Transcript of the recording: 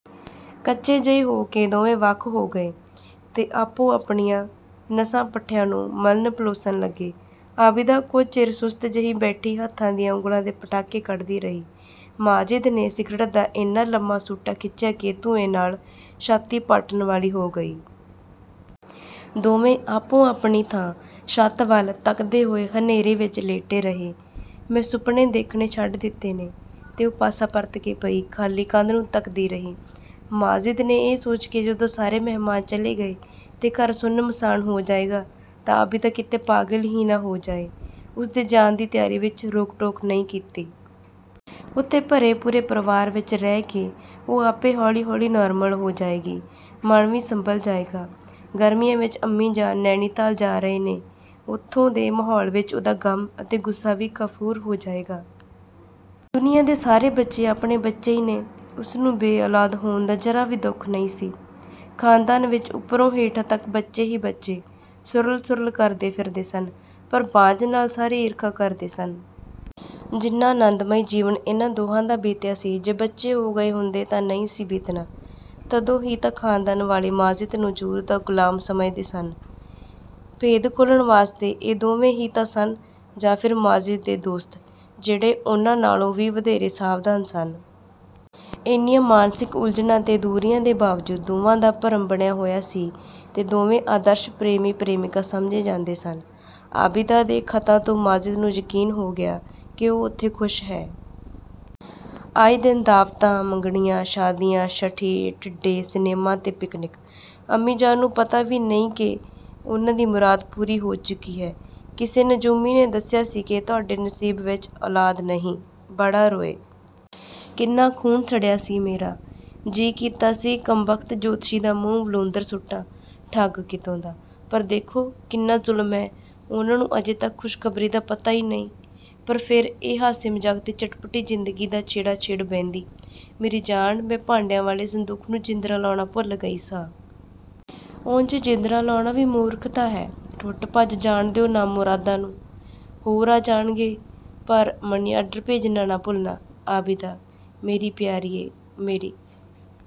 ਕੱਚੇ ਜਿਹੇ ਹੋ ਕੇ ਦੋਵੇਂ ਵੱਖ ਹੋ ਗਏ ਤੇ ਆਪੋ-ਆਪਣੀਆਂ ਨਸਾਂ-ਪੱਠਿਆਂ ਨੂੰ ਮਲਣ-ਪਲੋਸਣ ਲੱਗੇ। ਆਬਿਦਾ ਕੁਝ ਚਿਰ ਸੁਸਤ ਜਿਹੀ ਬੈਠੀ ਹੱਥਾਂ ਦੀਆਂ ਉਂਗਲਾਂ ਦੇ ਪਟਾਕੇ ਕੱਢਦੀ ਰਹੀ। ਮਾਜਿਦ ਨੇ ਸਿਗਰਟ ਦਾ ਇੰਨਾ ਲੰਮਾ ਸੂਟਾ ਖਿੱਚਿਆ ਕਿ ਧੂੰਏਂ ਨਾਲ ਛਾਤੀ ਪਾਟਣ ਵਾਲੀ ਹੋ ਗਈ। ਦੋਵੇਂ ਆਪੋ-ਆਪਣੀ ਥਾਂ, ਛੱਤ ਵੱਲ ਤੱਕਦੇ ਹੋਏ ਹਨੇਰੇ ਵਿੱਚ ਲੇਟੇ ਰਹੇ। "ਮੈਂ ਸੁਪਨੇ ਦੇਖਣੇ ਛੱਡ ਦਿੱਤੇ ਨੇ।" ਤੇ ਉਹ ਪਾਸਾ ਪਰਤ ਕੇ ਪਈ, ਖ਼ਾਲੀ ਕੰਧ ਨੂੰ ਤੱਕਦੀ ਰਹੀ। ਮਾਜਿਦ ਨੇ ਇਹ ਸੋਚ ਕੇ ਕਿ ਜਦੋਂ ਸਾਰੇ ਮਹਿਮਾਨ ਚਲੇ ਗਏ ਤੇ ਘਰ ਸੁੰਨ-ਮਸਾਨ ਹੋ ਜਾਏਗਾ, ਤਾਂ ਆਬਿਦਾ ਕਿਤੇ ਪਾਗਲ ਹੀ ਨਾ ਹੋ ਜਾਏ, ਉਸਦੇ ਜਾਣ ਦੀ ਤਿਆਰੀ ਵਿੱਚ ਰੋਕ-ਟੋਕ ਨਹੀਂ ਕੀਤੀ। ਉੱਥੇ ਭਰੇ-ਪੂਰੇ ਪਰਿਵਾਰ ਵਿੱਚ ਰਹਿ ਕੇ ਉਹ ਆਪੇ ਹੌਲੀ-ਹੌਲੀ ਨਾਰਮਲ ਹੋ ਜਾਏਗੀ। ਮਨ ਵੀ ਸੰਭਲ ਜਾਏਗਾ। ਗਰਮੀਆਂ ਵਿੱਚ ਅੰਮੀ ਜਾਨ ਨੈਨੀਤਾਲ ਜਾ ਰਹੇ ਨੇ, ਉੱਥੋਂ ਦੇ ਮਾਹੌਲ ਵਿੱਚ ਉਸਦਾ ਗ਼ਮ ਅਤੇ ਗੁੱਸਾ ਵੀ ਕਾਫ਼ੂਰ ਹੋ ਜਾਏਗਾ। 'ਦੁਨੀਆਂ ਦੇ ਸਾਰੇ ਬੱਚੇ, ਆਪਣੇ ਬੱਚੇ ਹੀ ਨੇ।' ਉਸਨੂੰ ਬੇਔਲਾਦ ਹੋਣ ਦਾ ਜ਼ਰਾ ਵੀ ਦੁੱਖ ਨਹੀਂ ਸੀ। ਖਾਨਦਾਨ ਵਿੱਚ ਉੱਪਰੋਂ ਹੇਠਾਂ ਤੱਕ ਬੱਚੇ ਹੀ ਬੱਚੇ, ਸੁਰਲ-ਸੁਰਲ ਕਰਦੇ ਫਿਰਦੇ ਸਨ। ਪਰ ਬਾਂਝ ਨਾਲ ਸਾਰੇ ਈਰਖਾ ਕਰਦੇ ਸਨ। ਜਿੰਨਾ ਆਨੰਦਮਈ ਜੀਵਨ ਇਹਨਾਂ ਦੋਹਾਂ ਦਾ ਬੀਤਿਆ ਸੀ, ਜੇ ਬੱਚੇ ਹੋ ਗਏ ਹੁੰਦੇ ਤਾਂ ਨਹੀਂ ਸੀ ਬੀਤਣਾ। ਤਦੋਂ ਹੀ ਤਾਂ ਖਾਨਦਾਨ ਵਾਲੇ ਮਾਜਿਦ ਨੂੰ ਜ਼ੋਰੂ ਦਾ ਗ਼ੁਲਾਮ ਸਮਝਦੇ ਸਨ। ਭੇਦ ਖੋਲ੍ਹਣ ਵਾਲੇ ਇਹ ਦੋਵੇਂ ਹੀ ਤਾਂ ਸਨ ਜਾਂ ਫਿਰ ਮਾਜਿਦ ਦੇ ਦੋਸਤ, ਜਿਹੜੇ ਉਹਨਾਂ ਨਾਲੋਂ ਵੀ ਵਧੇਰੇ ਸਾਵਧਾਨ ਸਨ। ਇੰਨੀਆਂ ਮਾਨਸਿਕ ਉਲਝਣਾਂ ਤੇ ਦੂਰੀਆਂ ਦੇ ਬਾਵਜੂਦ ਦੋਹਾਂ ਦਾ ਭਰਮ ਬਣਿਆ ਹੋਇਆ ਸੀ, ਤੇ ਦੋਵੇਂ ਆਦਰਸ਼ ਪ੍ਰੇਮੀ-ਪ੍ਰੇਮਿਕਾ ਸਮਝੇ ਜਾਂਦੇ ਸਨ। ਆਬਿਦਾ ਦੇ ਖ਼ਤਾਂ ਤੋਂ ਮਾਜਿਦ ਨੂੰ ਯਕੀਨ ਹੋ ਗਿਆ, ਕਿ ਉਹ ਉੱਥੇ ਖੁਸ਼ ਹੈ। ਆਏ ਦਿਨ ਦਾਵਤਾਂ, ਮੰਗਣੀਆਂ, ਸ਼ਾਦੀਆਂ, ਛਠੀ, ਢਿੱਡੇ, ਸਿਨੇਮਾ ਤੇ ਪਿਕਨਿਕ। ਅੰਮੀ ਜਾਨ ਨੂੰ ਪਤਾ ਵੀ ਨਹੀਂ ਕਿ ਉਹਨਾਂ ਦੀ ਮੁਰਾਦ ਪੂਰੀ ਹੋ ਚੁੱਕੀ ਹੈ। ਕਿਸੇ ਨਜੂਮੀ ਨੇ ਦੱਸਿਆ ਸੀ ਕਿ ਤੁਹਾਡੇ ਨਸੀਬ ਵਿੱਚ ਔਲਾਦ ਨਹੀਂ, ਬੜਾ ਰੋਏ। ਕਿੰਨਾ ਖ਼ੂਨ ਸੜਿਆ ਸੀ ਮੇਰਾ! ਜੀ ਕੀਤਾ ਸੀ, ਕੰਮਬਖ਼ਤ ਜੋਤਸ਼ੀ ਦਾ ਮੂੰਹ ਵਲੂੰਧਰ ਸੁੱਟਾਂ। ਠੱਗ ਕਿਤੋਂ ਦਾ! ਪਰ ਦੇਖੋ ਕਿੰਨਾ ਜ਼ੁਲਮ ਹੈ, ਉਹਨਾਂ ਨੂੰ ਅਜੇ ਤੱਕ ਖੁਸ਼ਖਬਰੀ ਦਾ ਪਤਾ ਹੀ ਨਹੀਂ! ਪਰ ਫਿਰ ਏਹ ਹਾਸੇ-ਮਜ਼ਾਕ ਤੇ ਚਟਪਟੀ ਜ਼ਿੰਦਗੀ ਦਾ ਛੇੜਾ-ਛੇੜ ਬਹਿੰਦੀ, 'ਮੇਰੀ ਜਾਨ, ਮੈਂ ਭਾਂਡਿਆਂ ਵਾਲੇ ਸੰਦੂਕ ਨੂੰ ਜਿੰਦਰਾ ਲਾਉਣਾ ਭੁੱਲ ਗਈ ਸਾਂ। ਉਂਜ ਜਿੰਦਰਾ ਲਾਉਣਾ ਵੀ ਮੂਰਖਤਾ ਹੈ, ਟੁੱਟ-ਭੱਜ ਜਾਣ ਦਿਓ ਨਾਮੁਰਾਦਾਂ ਨੂੰ, ਹੋਰ ਆ ਜਾਣਗੇ। ਪਰ ਮਨੀਆਰਡਰ ਭੇਜਣਾ ਨਾ ਭੁੱਲਣਾ।''ਆਬਿਦਾ--! ਮੇਰੀ ਪਿਆਰੀਏ। ਮੇਰੀ